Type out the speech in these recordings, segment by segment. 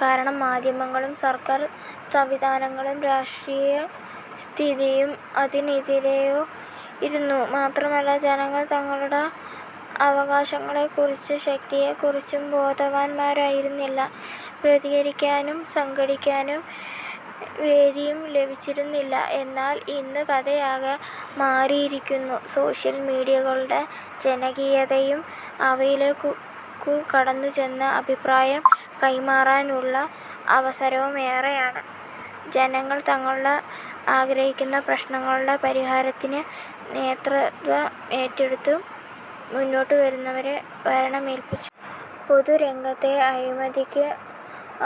കാരണം, മാധ്യമങ്ങളും സർക്കാർ സംവിധാനങ്ങളും രാഷ്ട്രീയസ്ഥിതിയും അതിനെതിരെയൊയിരുന്നു. മാത്രമല്ല, ജനങ്ങൾ തങ്ങളുടെ അവകാശങ്ങളെക്കുറിച്ചും ശക്തിയെക്കുറിച്ചും ബോധവാന്മാരായിരുന്നില്ല. പ്രതികരിക്കാനും സംഘടിക്കാനും വേദിയും ലഭിച്ചിരുന്നില്ല. എന്നാൽ ഇന്നു കഥയാകെ മാറിയിരിക്കുന്നു. സോഷ്യൽ മീഡിയകളുടെ ജനകീയതയും അവയി ലേക്കു കടന്നുചെന്ന് അഭിപ്രായം കൈമാറാനുള്ള അവസരവും ഏറെ യാണ്. ജനങ്ങൾ തങ്ങൾ ആഗ്രഹിക്കുന്ന പ്രശ്നങ്ങളുടെ പരിഹാര ത്തിനു നേതൃത്വമേറ്റെടുത്തു മുന്നോട്ടുവന്നവരെ ഭരണമേല്പിച്ചു. പൊതുരംഗത്തെ അഴിമതിയ്ക്ക്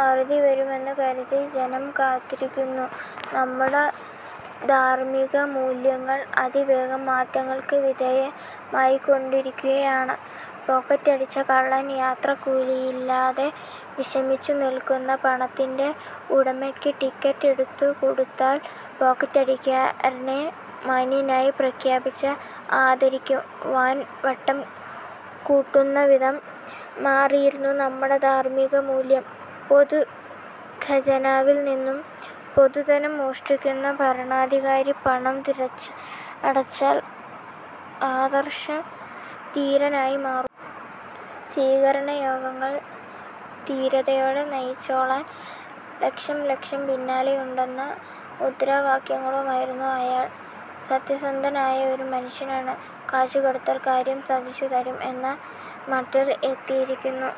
അറുതിവരുമെന്നു കരുതി ജനം കാത്തിരിക്കുന്നു. നമ്മുടെ ധാർമ്മികമൂല്യങ്ങൾ അതിവേഗം മാറ്റങ്ങൾക്കു വിധേയ മായിക്കൊണ്ടിരിക്കുകയാണ്. പോക്കറ്റടിച്ച കള്ളൻ യാത്രാക്കൂലിയി ല്ലാതെ വിഷമിച്ചുനിൽക്കുന്ന പണത്തിന്റെ ഉടമയ്ക്ക് ടിക്കറ്റെടുത്തു കൊടുത്താൽ പോക്കറ്റടിക്കാരനെ മാന്യനായി പ്രഖ്യാപിച്ച് ആദരിക്കു വാൻ വട്ടം കൂട്ടുന്നവിധം മാറിയിരിക്കുന്നു നമ്മുടെ ധാർമ്മികമൂല്യം. പൊതുഖജനാവിൽനിന്നും പൊതുധനം മോഷ്ടിക്കുന്ന ഭരണാധികാരി പണം തിരിച്ചടച്ചാൽ ആദർശധീരനായിമാറും. സ്വീകരണയോഗങ്ങളും ധീരതയോടെ നയിച്ചോളാൻ ലക്ഷംലക്ഷം പിന്നാലെയുണ്ടെന്ന മുദ്രാ വാക്യങ്ങളുമുയരും. അയാൾ സത്യസന്ധനായ ഒരു മനുഷ്യനാണ്, കാശുകൊടുത്താൽ കാര്യം സാധിച്ചുതരും എന്ന മട്ടിൽ എത്തിയിരി ക്കുന്നു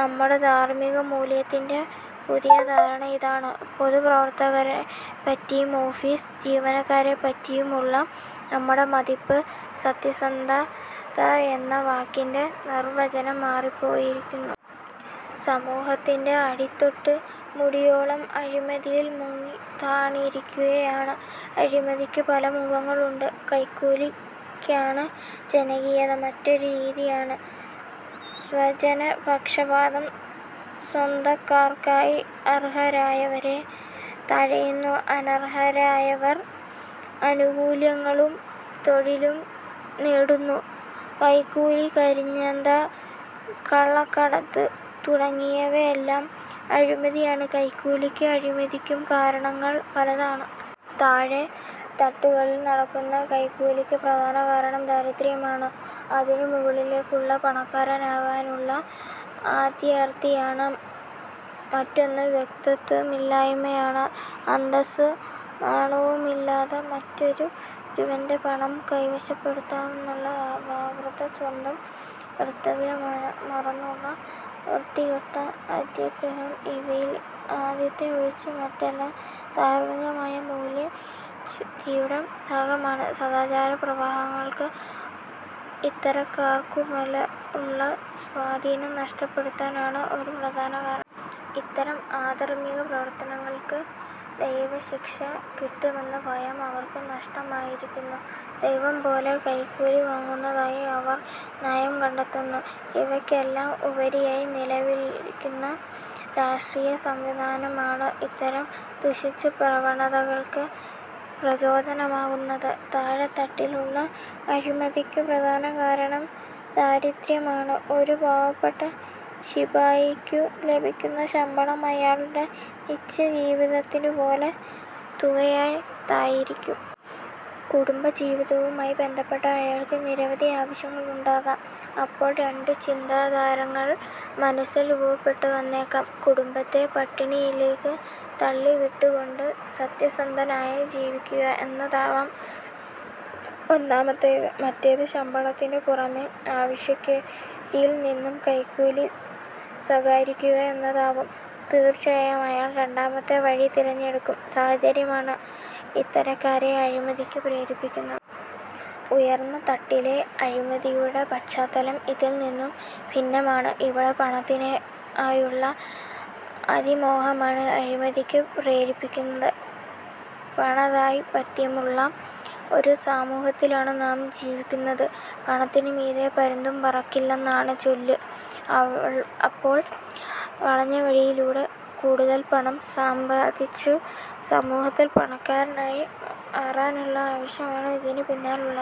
നമ്മുടെ ധാർമ്മികമൂല്യത്തിന്റെ പുതിയ ധാരണ. ഇതാണ് പൊതുപ്രവർത്തകരെപറ്റിയും ഓഫീസ് ജീവനക്കാരെപറ്റിയുമുള്ള നമ്മുടെ മതിപ്പ്. സത്യസന്ധത എന്ന വാക്കിന്റെ നിർവ്വചനം മാറിപ്പോ യിരിക്കുന്നു. സമൂഹത്തിന്റെ അടിതൊട്ടു മുടിയോളം അഴിമതിയിൽ മുങ്ങിത്താണിരിക്കുകയാണ്. അഴിമതിക്കു പല മുഖങ്ങളുണ്ട്. കൈക്കൂലി ക്കാണ് ജനകീയത. മറ്റൊരു രീതിയാണ് സ്വജനപക്ഷപാതം. സ്വന്ത ക്കാർക്കായി അർഹരായവരെ തഴയുന്നു. അനർഹരായവർ ആനുകൂ ല്യങ്ങളും തൊഴിലും നേടുന്നു. കൈക്കൂലി, കരിഞ്ചന്ത, കള്ളക്കടത്ത് തുടങ്ങിയവ യെല്ലാം അഴിമതിയാണ്. കൈക്കൂലിക്കും അഴിമതിക്കും കാരണങ്ങൾ പലതാണ്. താഴേ തട്ടുകളിൽ നടക്കുന്ന കൈക്കൂലിക്കു പ്രധാന കാരണം ദാരിദ്ര്യമാണ്. അതിനു മുകളിലുള്ളത് പണക്കാരനാകാനുള്ള അത്യാർത്തിയാണ്. മറ്റൊന്ന് വ്യക്തിത്വമില്ലായ്മയാണ്. അന്തസ്സും നാണവുമില്ലാതെ മറ്റൊ രുവന്റെ പണം കൈവശപ്പെടുത്തുവാനുള്ള വ്യഗ്രത. സ്വന്തം കർത്തവ്യം മറന്നുള്ള വൃത്തികെട്ട അത്യാഗ്രഹം. ഇവയിൽ ആദ്യത്തെ ഒഴിച്ച് മറ്റെല്ലാം ധാർമ്മികമായ മൂല്യച്യുതിയുടെ ഭാഗമാണ്. സദാചാരപ്രമാണങ്ങൾക്ക് ഇത്തരക്കാർക്കുമേലുള്ള സ്വാധീനം നഷ്ടപ്പെടുത്താനാണ് ഒരു പ്രധാന കാരണം. ഇത്തരം ആധാർമ്മിക പ്രവർത്തനങ്ങൾക്കു ദൈവശിക്ഷ കിട്ടുമെന്ന ഭയം അവർക്കു നഷ്ടമായിരിക്കുന്നു. ദൈവംപോലും കൈക്കൂലി വാങ്ങുന്നതായി അവർ ന്യായം കണ്ടെത്തുന്നു. ഇവയ് ക്കെല്ലാം ഉപരിയായി നിലവിലിരിക്കുന്ന രാഷ്ട്രീയസംവിധാനമാണ് ഇത്തരം ദുഷിച്ച പ്രവണതകൾക്കു പ്രചോദനമാകുന്നത്. താഴെ തട്ടിലുള്ള അഴിമതിക്കു പ്രധാന കാരണം ദാരിദ്ര്യമാണ്. ഒരു പാവപ്പെട്ട ശിപായിക്കു ലഭിക്കുന്ന ശമ്പളം അയാളുടെ നിത്യജീവിത ത്തിനുപോലും തികയാത്തതായിരിക്കും. കുടുംബജീവിതവുമായി ബന്ധപ്പെട്ട് അയാൾക്കു നിരവധി ആവശ്യങ്ങളുണ്ടാകാം. അപ്പോൾ രണ്ടു ചിന്താധാരങ്ങൾൾ മനസ്സിൽ രൂപപ്പെട്ടുവന്നേക്കാം. കുടുംബത്ത പട്ടിണിയിലേക്കു തള്ളിവിട്ടുകൊണ്ട് സത്യസന്ധനായി ജീവിക്കുക എന്നതാവാം ഒന്നാമത്തേത്. മറ്റേത് ശമ്പളത്തിനു പുറമേ ആവശ്യക്കാ രിൽനിന്നും കൈക്കൂലി സ കാ രിക്കുക എന്നതാവും. തീർച്ചയായും അയാൾ രണ്ടാമത്തെ വഴി തിരഞ്ഞെടുക്കും. സാഹചര്യമാണ് ഇത്ത രക്കാരെ അഴിമതിക്കു പ്രേരിപ്പിക്കുന്നത്. ഉയർന്ന തട്ടിലെ അഴിമതിയുടെ പശ്ചാത്തലം ഇതിൽനിന്നും ഭിന്ന മാണ്. ഇവിടെ പണത്തിനായുള്ള അതിമോഹമാണ് അഴിമതിക്കു പ്രരിപ്പിക്കുന്നത്. പണാധിപത്യമുള്ള ഒരു സമൂഹത്തിലാണ് നാം ജീവി ക്കുന്നത്. പണത്തിനു മീതേ പരുന്തും പറക്കില്ലെന്നാണ് ചൊല്ല്. അപ്പോൾ വളഞ്ഞവഴിയിലൂടെ കൂടുതൽ പണം സമ്പാദിച്ച് സമൂഹത്തിൽ പണ ക്കാരനായി മാറാനുള്ള ആവേശമാണ് ഇതിനു പിന്നിലുള്ളത്.